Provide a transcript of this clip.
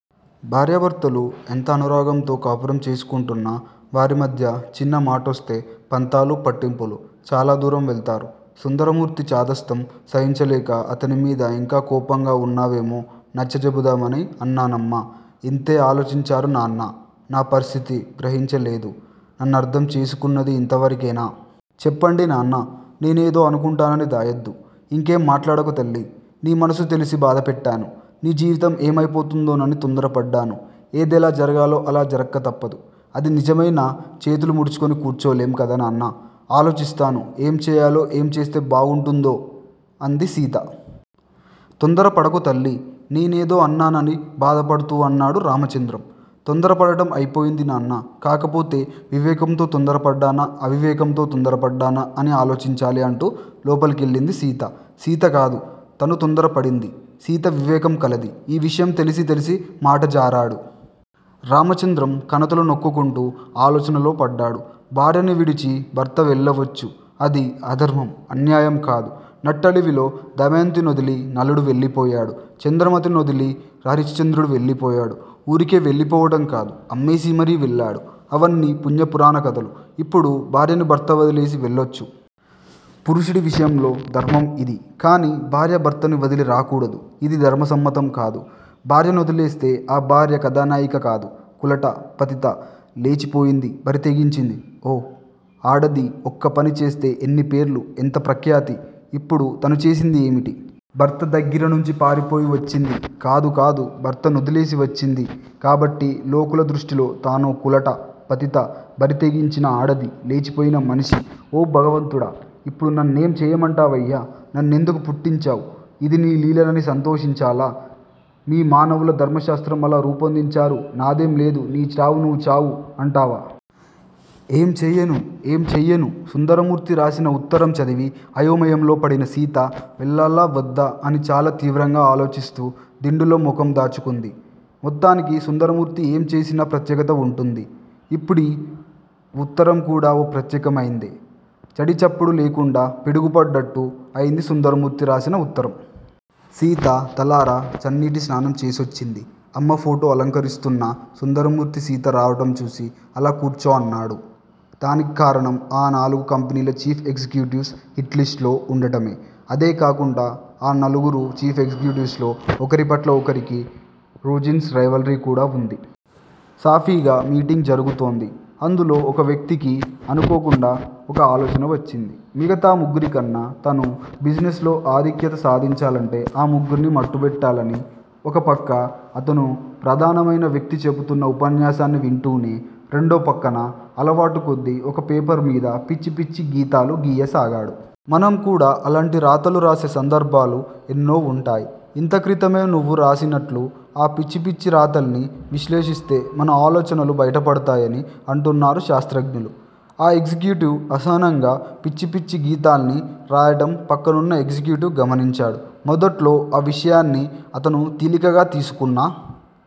భార్య భర్తలు ఎంత అనురాగంతో కాపురం చేసుకుంటున్నా వారి మధ్య చిన్న మాటొస్తే పంతాలు పట్టింపులు, చాలా దూరం వెళతారు. సుందరమూర్తి చాదస్తం సహించలేక అతని మీద ఇంకా కోపంగా వున్నావేమో నచ్చచెబుదామని అన్నానమ్మా ఇంతే ఆలోచించారు నాన్నా! నా పరిస్థితి గ్రహించ లేదు, నన్నర్ధం చేసుకున్నది ఇంతవరకేనా? చెప్పండి నాన్నా! నేనేదో అనుకుంటానని దాయోద్దు. ఇంకేం మాట్లాడకు తల్లి! నీ మనసు తెలిసి బాధపెట్టాను. నీ జీవితం ఏమయిపోతుందోనని తొందర పడ్డాను. ఏదెలా జరగాలో అలా జరక్క తప్పదు. అది నిజమైనా చేతులు ముడుచుకు కూర్చోలేం కదా నాన్నా? ఆలోచిస్తాను ఏం చేయాలో ఏం చేస్తే బాగుంటుందో అంది సీత. తొందరపడకు తల్లి! నేనేదో అన్నానని బాధపడుతూ అన్నాడు రామచంద్రం. తొందర పడటం అయిపోయింది నాన్నా! కాకపోతే వివేకంతో తొందరపడ్డానా! అవివేకంతో తొందర పడ్డానా? అని ఆలోచించాలి అంటూ లోపలికెళ్ళింది సీత. సీత కాదు తనూ తొందర పడింది. సీత వివేకం కలది. ఈ విషయం తెలిసి తెలిసి మాట జారాడు. రామచంద్రం కణతలు నొక్కుకుంటూ ఆలోచనలో పడ్డాడు. భార్యని విడిచి భర్త వెళ్ళవచ్చు. అది అధర్మం, అన్యాయం కాదు. నట్టడివిలో దమయంతినొదిలి నలుడు వెళ్ళిపోయాడు. చంద్రమతిని నొదిలి హరిశ్చంద్రుడు వెళ్ళిపోయాడు. ఊరికే వెళ్ళిపోవటం కాదు, అమ్మేసి మరీ వెళ్ళాడు. అవన్నీ పుణ్య పురాణ కధలు. ఇప్పుడు భార్యని భర్త వదిలేసి వెళ్ళొచ్చు. పురుషుడి విషయంలో ధర్మంయిది. కానీ భార్య భర్తని వదలి రాకూడదు. ఇది ధర్మ సమ్మతం కాదు. భార్య నొదిలేస్తే ఆ భార్య కధానాయిక కాదు కులట, పతిత, లేచిపోయింది, బరితెగించింది ఓహ్! ఆడది ఒక్కపని చేస్తే ఎన్ని పేర్లు ఎంత ప్రఖ్యాతి ఇప్పుడు తను చేసింది ఏమిటి? భర్త దగ్గిరనుంచి పారిపోయి వచ్చింది. కాదు కాదు భర్త నొదిలేసి వచ్చింది, కాబట్టి లోకుల దృష్టిలో తానో కులట, పతిత, బరితెగించిన ఆడది, లేచిపోయిన మనిషి. ఓ భగవంతుడా! ఇప్పుడు నన్నేం చేయమంటావయ్యా? నన్నెందుకు పుట్టించావ్, ఇది నీ లీలలని సంతోషించాలా? మీ మానవులు ధర్మ శాస్రం అలా రూపొందించారు నాదేం లేదు నీ చావు నీవు చావు అంటావా! ఏం చేయను? ఏం చేయను? సుందరమూర్తి రాశిన ఉత్తరం చదివి అయోమయంలో పడిన సీత వెళ్ళాలా! వద్దా అని చాలా తీవ్రంగా ఆలోచిస్తూ దిండులో ముఖం దాచుకుంది. మొత్తానికి సుందరమూర్తి ఏం చేసినా ప్రత్యేకత వుంటుంది. ఇప్పుడి ఉత్తరం కూడా ఓ ప్రత్యేకమైందే. చడిచప్పుడు లేకుండా పిడుగు పడ్డట్టు అయింది సుందరమూర్తి రాసిన ఉత్తరం. సీత తలరా చన్నీటి స్నానం చేసోచ్చింది. అమ్మ ఫోటో అలంకరిస్తున్న సుందరమూర్తి సీత రావటం చూసి అలా కూర్చో అన్నాడు. దానిక్కారణం ఆ నాలుగు కంపెనీల చీఫ్ ఎగ్జిక్యూటివ్స్ హిట్ లిస్టు లో వుండడమే. అదే కాకుండా ఆ నలుగురు చీఫ్ ఎగ్జిక్యూటివ్స్ లో ఒకరిపట్ల ఒకరికి బుజిన్స్ రైవల్రీ కూడా వుంది. సాఫీగా మీటింగ్ జరుగుతోంది. అందులో ఒక వ్యక్తికీ అనుకోకుండా ఒక ఆలోచన వచ్చింది. మిగతా ముగ్గురి కన్నా తను బిజినెస్ లో ఆధిక్యత సాదించాలంటే ఆ ముగ్గుర్నీ మట్టుబెట్టాలని. ఒక పక్క అతను ప్రధానమైన వ్యక్తి చెబుతున్న ఉపన్యాసాన్ని వింటూనే, రేండో పక్కన అలవాటుకొద్దీ ఒక పేపర్ మీద పిచ్చి పిచ్చి గీతాలు గీయసాగాడు. మనం కూడా అలాంటి రాతలు రాసే సందర్భాలు ఎన్నో వుంటాయి. ఇంత క్రితమే నువ్వు రాసినట్లు. ఆ పిచ్చి పిచ్చి రాతల్ని విశ్లేషిస్తే మన ఆలోచనలు బయటపడతాయని అంటున్నారు శాశ్రజ్ఞలు. ఆ ఎగ్జిక్యూటివ్ అసహనంగా పిచ్చి పిచ్చి గీతాల్ని రాయడం పక్కనున్న ఎగ్జిక్యూటివ్ గమనించాడు. మొదట్లో ఆ విషయాన్ని అతను తీలికగా తీసుకున్నా